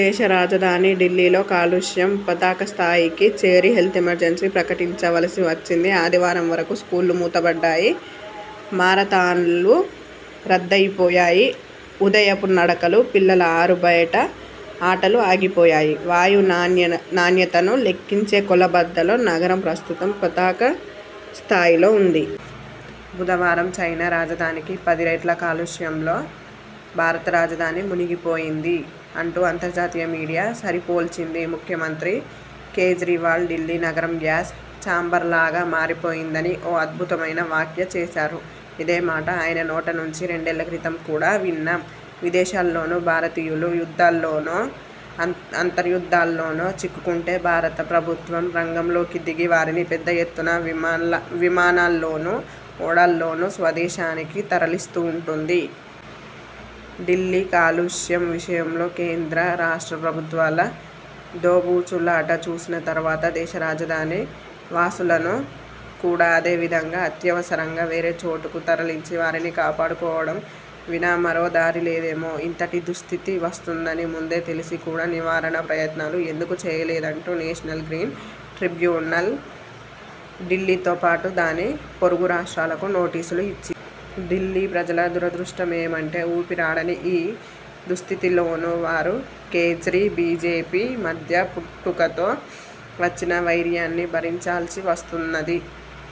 దేశ రాజధాని ఢిల్లీలో కాలుష్యం పతాక స్థాయికి చేరి హెల్త్ ఎమర్జెన్సీ ప్రకటించవలసి వచ్చింది. ఆదివారం వరకూ స్కూళ్ళు మూత బడ్డాయి, మారథాన్లు రద్దయి పోయాయి, ఉదయపు నడకలు, పిల్లల ఆరు బయట ఆటలూ ఆగిపోయాయి. వాయు నాణ్యతను లెక్కించే కొల బద్దలో నగరం ప్రస్తుతం పతాక స్థాయిలో ఉంది. 'బుధవారం చైనా రాజధానికి పదిరెట్ల కాలుష్యంలో భారత రాజధాని మునిగిపోయింది' అంటూ అంతర్జాతీయ మీడియా సరిపోల్చింది. ముఖ్యమంత్రి కేజ్రీవాల్ ఢిల్లీ నగరం గ్యాస్ చాంబర్లాగా మారిపోయిందని ఓ అద్భుతమైన వ్యాఖ్య చేశారు. ఇదే మాట ఆయన నోటి నుంచి రెండేళ్ళక్రితం కూడా విన్నాం. విదేశాల్లోని భారతీయులు యుద్ధాల్లోనో, అంతర్యుద్ధాల్లోనో చిక్కుకుంటే భారత ప్రభుత్వం రంగంలోకి దిగి వారిని పెద్ద ఎత్తున విమానాల్లోనూ, ఓడల్లోనూ స్వదేశానికి తరలిస్తూ ఉంటుంది. ఢిల్లీ కాలుష్యం విషయంలో కేంద్ర, రాష్ట్ర ప్రభుత్వాల దోబూచు లాట చూసిన తరువాత, దేశ రాజధాని వాసులను కూడా అదే విధంగా అత్యవసరంగా వేరే చోటకు తరలించి వారిని కాపాడు కోవడం వినా మరో దారి లేదేమో! ఇంతటి దుస్థితి వస్తుందని ముందే తెలిసి కూడా నివారణ ప్రయత్నాలు ఎందుకు చేయలేదంటూ నేషనల్ గ్రీన్ ట్రిబ్యునల్ ఢిల్లీతో పాటు దాని పొరుగు రాష్ట్రాలకు నోటీసులు ఇచ్చింది. ఢిల్లీ ప్రజల దురదృష్టమేమంటే, ఊపిరాడని ఈ దుస్థితిలోనూ వారు కేజ్రీ, బీజేపీ మధ్య పుట్టుకతో వచ్చిన వైరాన్ని భరించాల్సి వస్తున్నది.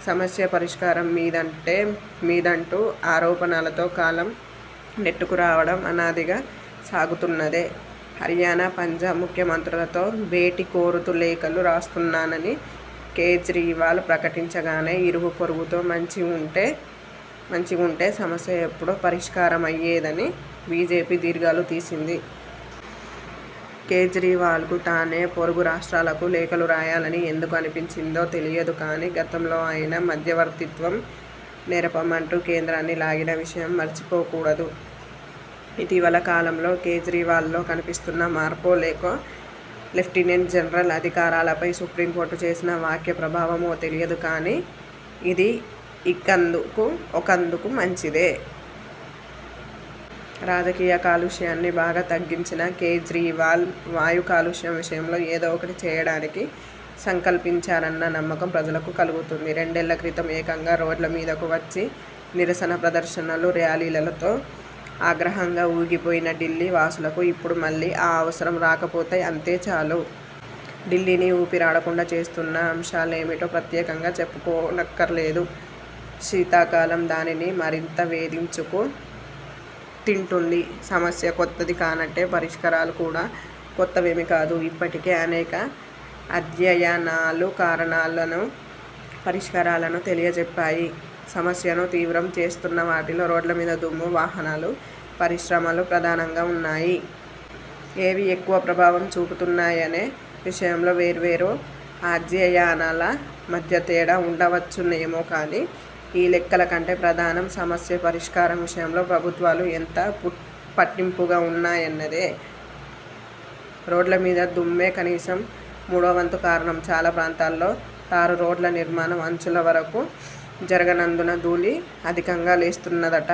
సమస్య పరిష్కారం మీదంటే మీదంటూ ఆరోపణలతో కాలం నెట్టుకురావడం అనాదిగా సాగుతున్నదే. హర్యానా, పంజాబ్ ముఖ్య మంత్రులతో భేటీ కోరుతూ లేఖలు రాస్తున్నానని కేజ్రీవాల్ ప్రకటించగానే, ఇరుగూ పొరుగుతో మంచి ఉంటే మంచిగుంటే సమస్య ఎప్పుడో పరిష్కారమయ్యేదని బీజేపీ దీర్ఘాలు తీసింది. కేజ్రీవాల్కు తానే పొరుగు రాష్ట్రాలకు లేఖలు రాయాలని ఎందుకు అనిపించిందో తెలియదు కానీ, గతంలో ఆయన మధ్యవర్తిత్వం నెరపమంటూ కేంద్రాన్ని లాగిన విషయం మరిచిపోకూడదు. ఇటీవలి కాలంలో కేజ్రీవాల్లో కనిపిస్తున్న మార్పో, లేక లెఫ్ట్నెంట్ జనరల్ అధికారాలపై సుప్రీంకోర్టు చేసిన వ్యాఖ్య ప్రభావమో తెలియదు కానీ ఇదీ ఇకందుకు ఒకందుకు మంచిదే. రాజకీయ కాలుష్యాన్ని బాగా తగ్గించిన కేజ్రీవాల్ వాయు కాలుష్యం విషయంలో ఏదో ఒకటి చేయడానికి సంకల్పించారన్న నమ్మకం ప్రజలకు కలుగుతుంది. రెండేళ్ళ క్రితం ఏకంగా రోడ్ల మీదకు వచ్చి నిరసన ప్రదర్శనలు, ర్యాలీలతో ఆగ్రహంగా ఊగిపోయిన ఢిల్లీ వాసులకు ఇప్పుడు మళ్ళీ ఆ అవసరం రాకపోతే అంతే చాలు. ఢిల్లీని ఊపిరాడకుండా చేస్తున్న అంశాలేమిటో ప్రత్యేకంగా చెప్పుకోనక్కరలేదు. శీతా కాలం దానిని మరింత వేధించుకు తింటుంది. సమస్య కొత్తది కానట్టే, పరిష్కారాలు కూడా కొత్తవేమీ కాదు. ఇప్పటికే అనేక అధ్యయనాలు కారణాలను, పరిష్కారాలను తెలియజేప్పాయి. సమస్యను తీవ్రం చేస్తున్నవాటిలో రోడ్లమీద దుమ్ము, వాహనాలు, పరిశ్రమలు ప్రధానంగా ఉన్నాయి. ఏవి ఎక్కువ ప్రభావం చూపుతున్నాయనే విషయంలో వేర్వేరు అధ్యయనాల మధ్య తేడా వుండవచ్చునేమో కానీ, ఈ లెక్కల కంటే ప్రధానం సమస్య పరిష్కారం విషయంలో ప్రభుత్వాలు ఎంత పట్టింపుగా ఉన్నాయన్నదే. రోడ్లమీద దుమ్మే కనీసం మూడోవంతు కారణం. చాలా ప్రాంతాల్లో తారు రోడ్ల నిర్మాణం అంచుల వరకూ జరగనందున ధూళి అధికంగా లేస్తున్నదట.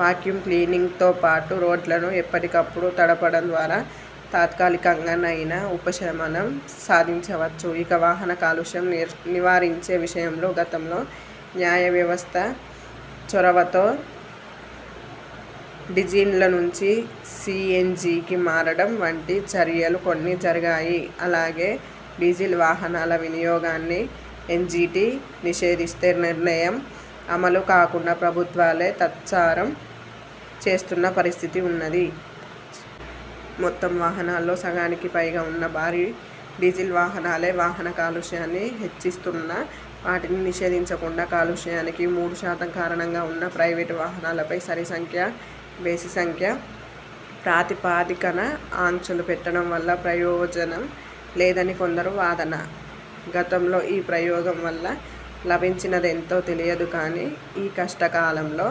వాక్యూమ్ క్లీనింగ్తో పాటు రోడ్లను ఎప్పటికప్పుడు తడపడం ద్వారా తాత్కాలికంగానైనా ఉపశమనం సాధించవచ్చు. ఇక, వాహన కాలుష్యం నివారించే విషయంలో గతంలో న్యాయవ్యవస్థ చొరవతో డీజిల్నుంచి సీఎన్జీకి మారడం వంటి చర్యలు కొన్ని జరిగాయి. అలాగే, డీజిల్ వాహనాల వినియోగాన్ని ఎన్జీటీ నిషేధిస్తే నిర్ణయం అమలు కాకుండా ప్రభుత్వాలే తాత్సారం చేస్తున్న పరిస్థితీ ఉన్నది. మొత్తం వాహనాల్లో సగానికి పైగా ఉన్న భారీ డిజిల్ వాహనాలే వాహన కాలుష్యాన్ని హెచ్చిస్తున్నా, వాటిని నిషేధించకుండా కాలుష్యానికి మూడు శాతం కారణంగా ఉన్న ప్రైవేటు వాహనాలపై సరి సంఖ్య బేసి సంఖ్య ప్రాతిపదికన ఆంక్షలు పెట్టడం వల్ల ప్రయోజనం లేదని కొందరు వాదన. గతంలో ఈ ప్రయోగం వల్ల లాభించినదెంతో తెలియదు కానీ, ఈ కష్ట కాలంలో